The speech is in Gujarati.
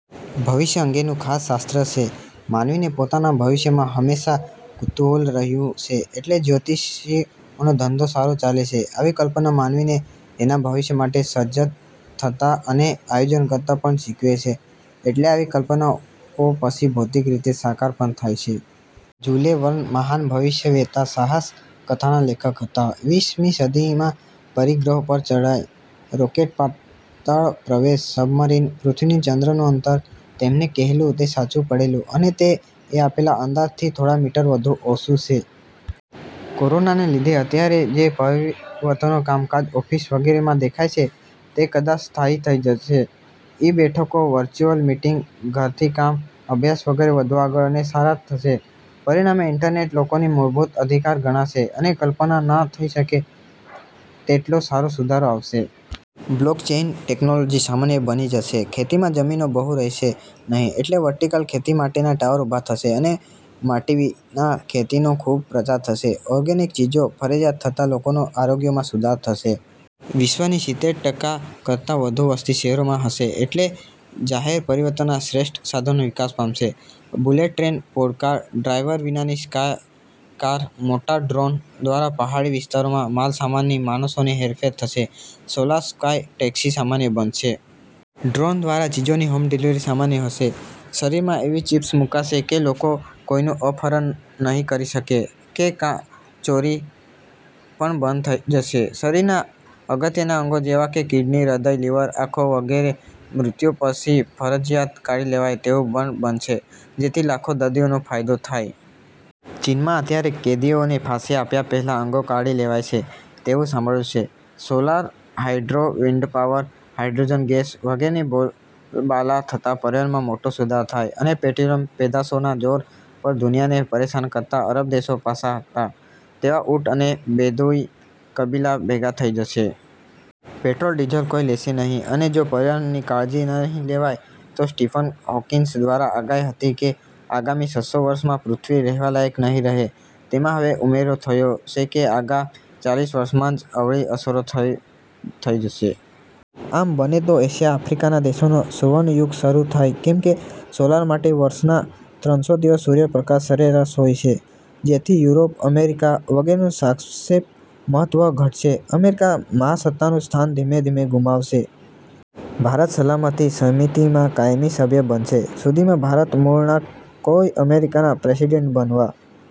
ભવિષ્ય અંગેનું ખાસ શાસ્ત્ર છે. માનવીને પોતાના ભવિષ્યમાં હંમેશા કુતૂહલ રહ્યું છે એટલે જ્યોતિષીઓનો ધંધો સારો ચાલે છે. આવી કલ્પના માનવીને તેના ભવિષ્ય માટે સજ્જ થતાં અને આયોજન કરતા પણ શીખવે છે. એટલે આવી કલ્પનાઓ પછી ભૌતિક રીતે સાકાર પણ થાય છે. જૂલે વર્ન મહાન ભવિષ્યવેત્તા સાહસ કથાના લેખક હતા. વીસ મી સદીમાં પરગ્રહો પર ચડાઈ, રોકેટ, પાતાળ પ્રવેશ, સબમરીન, પૃથ્વીથી ચંદ્રનું અંતર તેમણે કહેલું તે સાચું પડેલું અને તે એ આપેલા અંદાઝ થી થોડા મીટર વધુ ઓછું છે. કોરોનાને લીધે અત્યારે જે પરિવર્તનો કામકાજ, ઓફિસ, વગેરે માં દેખાય છે તે કદાચ સ્થાયી થઈ જશે. ઇ-બેઠકો, વર્ચુઅલ મીટીંગ, ઘરથી કામ, અભ્યાસ વગેરે વધુ આગળ અને સારા થશે. પરિણામે, ઈન્ટરનેટ લોકોનો મૂળભૂત અધિકાર ગણાશે અને કલ્પના ના થઈ શકે તેટલો સારો સુધારો આવશે. બ્લોક ચેઈન ટેકનોલોજી સામાન્ય બની જશે. ખેતીમાં જમીનો બહુ રહેશે નહિ એટલે વર્ટીકલ ખેતી માટેના ટાવર ઊભા થશે અને માટી વિના ખેતી નો ખુબ પ્રચાર થશે. ઓર્ગેનિક ચીજો ફરજિયાત થતાં લોકોના આરોગ્યમાં સુધારો થશે. વિશ્વની સિત્તેર ટકાકરતા વધુ વસ્તી શહેરોમાં હશે એટલે જાહેર પરિવહનના શ્રેષ્ઠ સાધનો વિકાસ પામશે., bullet train, pod car, driver વિનાની સ્કાય કાર, મોટા ડ્રોન દ્વારા પહાડી વિસ્તારોમાં માલસામાનની, માણસોની હેરફેર થશે. સોલાર સ્કાય ટેક્સી સામાન્ય બનશે. ડ્રોન દ્વારા ચીજોની હોમ ડિલિવરી સામાન્ય હશે. શરીરમાં એવી ચિપ્સ મુકાશે કે લોકો કોઈનું અપહરણ નહિ કરી શકે, કે કાર ચોરી પણ બંધ થઈ જશે. શરીરના અગત્યના અંગો જેવા કે કિડની, હ્રદય, લિવર, આંખો વગેરે મૃત્યુ પછી ફરજિયાત કાઢી લેવાય તેવુ પણ બનશે જેથી લાખો દર્દીઓને ફાયદો થાય. ચીનમાં અત્યારે કેદીઓને ફાંસી આપ્યા પહેલા અંગો કાઢી લેવાય છે તેવું સાંભળ્યું છે. Solar, hydro, wind power, hydrogen gas વગેરે ની બોલબાલા થતા પર્યાવરણમાં મોટો સુધારો થાય અને પેટ્રોલિયમ પેદાશોના જોર પર દુનિયાને પરેશાન કરતા અરબ દેશો પાછા હતા તેવા ઊંટ અને બેદુઈન કબીલા ભેગા થઈ જશે. પેટ્રોલ, ડીઝલ કોઈ લેશે નહિ અને જો પર્યાવરણ ની કાળજી નહિ લેવાય તો સ્ટીફન હોકિન્સ દ્વારા આગાહી હતી કે આગામી છસો વર્ષમાં પૃથ્વી રહેવાલાયક નહિ રહે તેમાં હવે ઉમેરો થયો છે કે આગામી ચાલીસ વર્ષમાં જ અવળી અસરો શરૂ થઈ જશે. આમ બને તો એશિયા, આફ્રિકાના દેશોનો સુવર્ણ યુગ શરૂ થાય, કેમકે સોલર માટે વર્ષના ત્રણસો દિવસ સૂર્ય પ્રકાશ સરેરાશ હોય છે, જેથી યુરોપ, અમેરિકા વગેરે નું સાપેક્ષ મહત્વ ઘટશે. અમેરિકા મહાસત્તાનું સ્થાન ધીમે ધીમે ગુમાવશે. ભારત સલામતી સમિતિમાં કાયમી સભ્ય બનશે. સુધીમાં ભારત મૂળના કોઈ અમેરિકાના પ્રેસિડેન્ટ બનવા